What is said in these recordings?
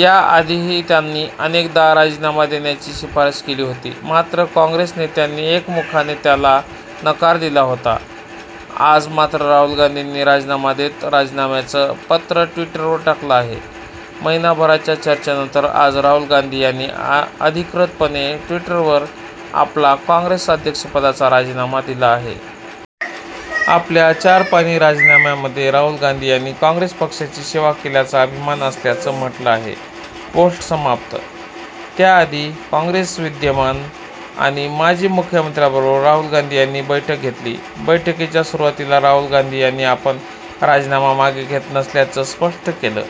या आधीही त्यांनी अनेकदा राजीनामा देण्याची शिफारस केली होती. मात्र काँग्रेस नेत्यांनी एकमुखाने त्याला नकार दिला होता. आज मात्र राहुल गांधीनी राजीनामा देत राजीनाम्याचं पत्र ट्विटरवर टाकलं आहे. महिनाभराच्या चर्चेनंतर आज राहुल गांधी यांनी अधिकृतपणे ट्विटरवर आपला काँग्रेस अध्यक्षपदाचा राजीनामा दिला आहे. आपल्या चार पानी राजीनाम्यामध्ये राहुल गांधी यांनी काँग्रेस पक्षाची सेवा केल्याचा अभिमान असल्याचं म्हटलं आहे. पोस्ट समाप्त, त्याआधी, काँग्रेसच्या विद्यमान आणि माजी मुख्यमंत्र्यांबरोबर राहुल गांधी यांनी बैठक घेतली. बैठकीच्या सुरूवातीला राहुल गांधी यांनी आपण राजीनामा मागे घेत नसल्याचं स्पष्ट केलं.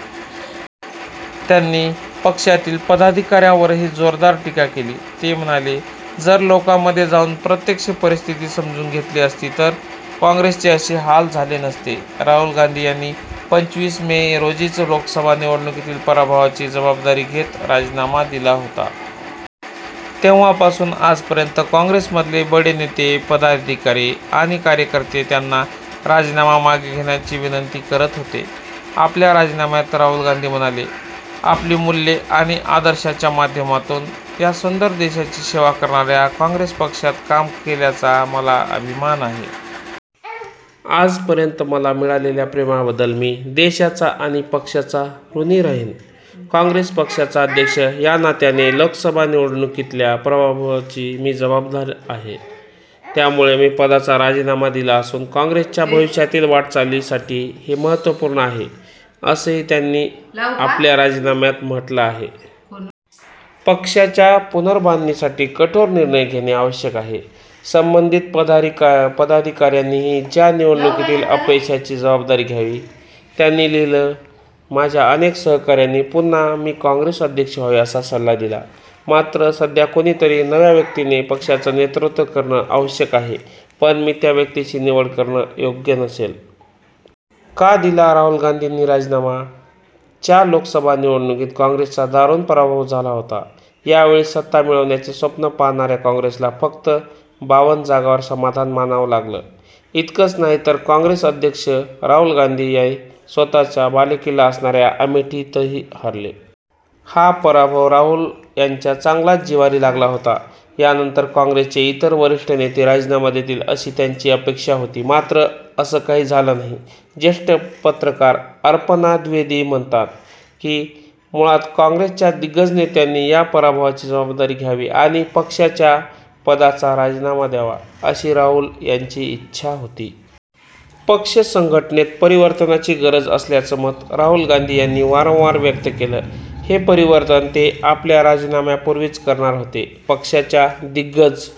त्यांनी पक्षातील पदाधिकाऱ्यांवरही जोरदार टीका केली. ते म्हणाले जर लोकांमध्ये जाऊन प्रत्यक्ष परिस्थिती समजून घेतली असती तर काँग्रेसचे असे हाल झाले नसते. राहुल गांधी यांनी पंचवीस मे रोजीच लोकसभा निवडणुकीतील पराभवाची जबाबदारी घेत राजीनामा दिला होता. तेव्हापासून आजपर्यंत काँग्रेसमधले बडे नेते, पदाधिकारी आणि कार्यकर्ते त्यांना राजीनामा मागे घेण्याची विनंती करत होते. आपल्या राजीनाम्यात राहुल गांधी म्हणाले आपली मूल्यं आणि आदर्शांच्या माध्यमातून या सुंदर देशाची सेवा करणाऱ्या काँग्रेस पक्षात काम केल्याचा मला अभिमान आहे. आजपर्यंत मला मिळालेल्या प्रेमाबद्दल मी देशाचा आणि पक्षाचा ऋणी राहीन. काँग्रेस पक्षाचा अध्यक्ष या नात्याने लोकसभा निवडणुकीतल्या पराभवासाठी मी जबाबदार आहे. त्यामुळे मी पदाचा राजीनामा दिला असून काँग्रेसच्या भविष्यातील वाटचालीसाठी हे महत्त्वपूर्ण आहे, असंही त्यांनी आपल्या राजीनाम्यात म्हटलं आहे. पक्षाच्या पुनर्बांधणीसाठी कठोर निर्णय घेणे आवश्यक आहे. संबंधित पदाधिकाऱ्यांनीही च्या निवडणुकीतील अपयशाची जबाबदारी घ्यावी. त्यांनी लिहिलं माझ्या अनेक सहकाऱ्यांनी पुन्हा मी काँग्रेस अध्यक्ष व्हावे असा सल्ला दिला. मात्र सध्या कुणीतरी नव्या व्यक्तीने पक्षाचं नेतृत्व करणं आवश्यक आहे, पण मी त्या व्यक्तीची निवड करणं योग्य नसेल. का दिला राहुल गांधींनी राजीनामा च्या लोकसभा निवडणुकीत काँग्रेसचा दारूण पराभव झाला होता. यावेळी सत्ता मिळवण्याचे स्वप्न पाहणाऱ्या काँग्रेसला फक्त बावन जागांवर समाधान मानावं लागलं. इतकंच नाही तर काँग्रेस अध्यक्ष राहुल गांधी स्वतःचा बालेकिल्ला असणाऱ्या अमेठीतही हरले. हा पराभव राहुल यांच्या चांगलाच जिव्हारी लागला होता. यानंतर काँग्रेसचे इतर वरिष्ठ नेते राजीनामा देतील अशी त्यांची अपेक्षा होती मात्र असं काही झालं नाही. जेष्ठ पत्रकार अपर्णा द्विवेदी म्हणतात की, मुळात काँग्रेसच्या दिग्गज नेत्यांनी या पराभवाची जबाबदारी घ्यावी आणि पक्षाच्या पदांचा राजीनामा द्यावा, अशी राहुल यांची इच्छा होती. पक्ष संघटनेत परिवर्तनाची गरज असल्याचं मत राहूल गांधी यांनी वारंवार व्यक्त केलं. हे परिवर्तन ते आपल्या राजीनाम्यापूर्वीच करणार होते. पक्षाच्या दिग्गज